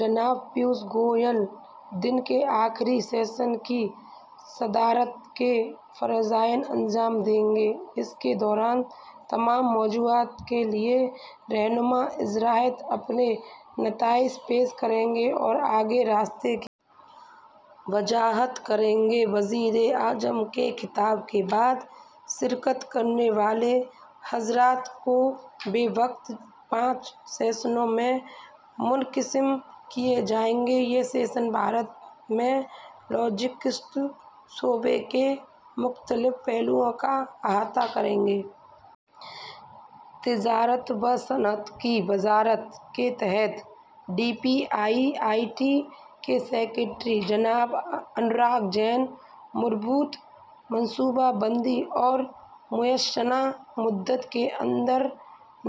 جناب پیوش گوئل دن کے آخری سیشن کی صدارت کے فرائض انجام دیں گے جس کے دوران تمام موضوعات کے لیے رہنما حضرات اپنے نتائج پیش کریں گے اور آگے کے راستے کی وضاحت کریں گے وزیر اعظم کے خطاب کے بعد شرکاء حضرات کو بیک وقت پانچ سیشنوں میں منقسم کیا جائے گا یہ سیشن بھارت میں لاجسٹکس شعبہ کے مختلف پہلوؤں پر احاطہ کریں گے تجارت و صنعت کی وزارت کے تحت D P I I T کے سکریٹری جناب انوراگ جین مربوط منصوبہ بندی اور معینہ مدت کے اندر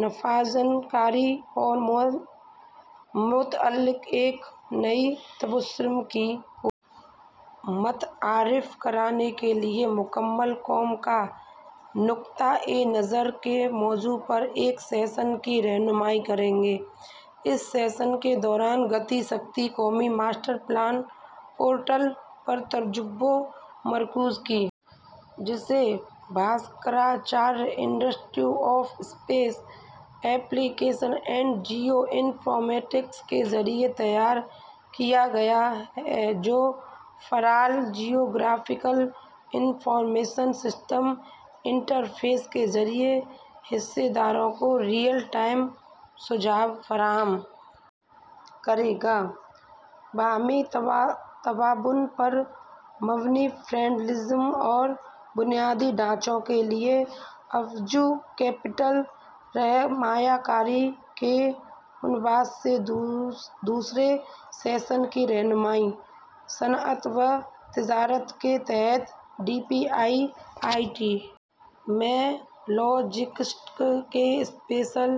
نفاذکاری سے متعلق ایک نئی تصوریت کو متعارف کرانے کے لیے مکمل قوم کا نقطہ نظر کے موضوع پر ایک کی سیشن کی رہنمائی کریں گے اس سیشن کے دوران گتی شکتی قومی ماسٹر پلان پورٹل پر توجہ مرکوز کی جائے گی جسے Bhaskaracharya institute of space application Jio informatics کے ذریعہ تیار کیا گیا ہے جو فعال جغرافیائی اطلاعاتی نظام انٹرفیس کے ذریعہ حصہ داروں کو رئیل ٹائم سجھاؤ فراہم کرے گا باہمی تعاون پر مبنی وفاقیت اور بنیادی ڈھانچہ کے لیے افزوں کیپٹل سرمایہ کاری کے عنوان سے دوسرے سیشن کی رہنمائی صنعت و تجارت کے تحت D P I I T میں لاجسٹکس کے اسپیشل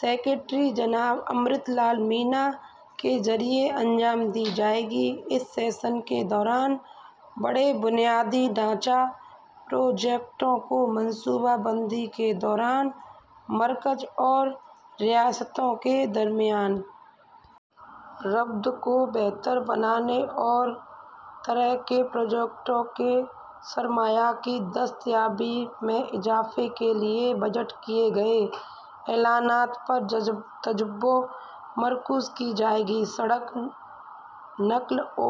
سکریٹری جناب امرت لال مینا کے ذریعہ انجام دی جائے گی اس سیشن کے دوران بڑے بنیادی ڈھانچہ پروجیکٹوں کی منصوبہ بندی کے دوران مرکز اور ریاستوں کے درمیان رابطہ کو بہتر بنانے اور اس طرح کے پروجیکٹوں کے لیے سرمایہ کی دستیابی میں اضافہ کے لیے بجٹ میں کیے گئے اعلانات پر توجہ مرکوز کی جائے گی سڑک نقل و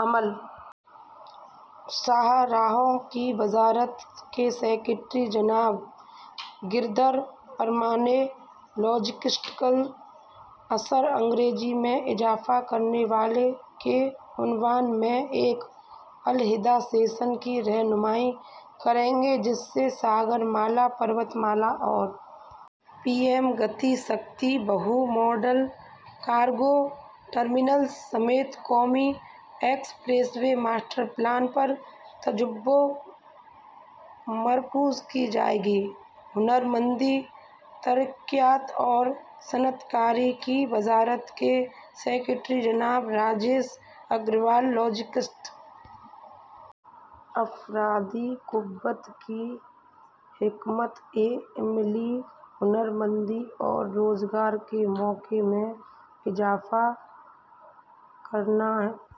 حمل اور شاہراہوں کی وزارت کے سکریٹری جناب گری دھر ارمانے لاجسٹکس اثر انگیزی میں اضافہ کرنے والے کے عنوان سے ایک علیحدہ سیشن کی رہنمائی کریں گے جس میں ساگرمالا پروت مالا اور پی ایم گتی شکتی کثیر ماڈل کارگو ٹرمنلس سمیت قومی ایکسپریس وے ماسٹر پلان پر توجہ مرکوز کی جائے گی ہنرمندی ترقیات اور صنعت کاری کی وزارت کے سکریٹری جناب راجیش اگروال لاجسٹکس افرادی قوت حکمت عملی ہنرمندی اور روزگار کے مواقع میں اضافہ کرنا کے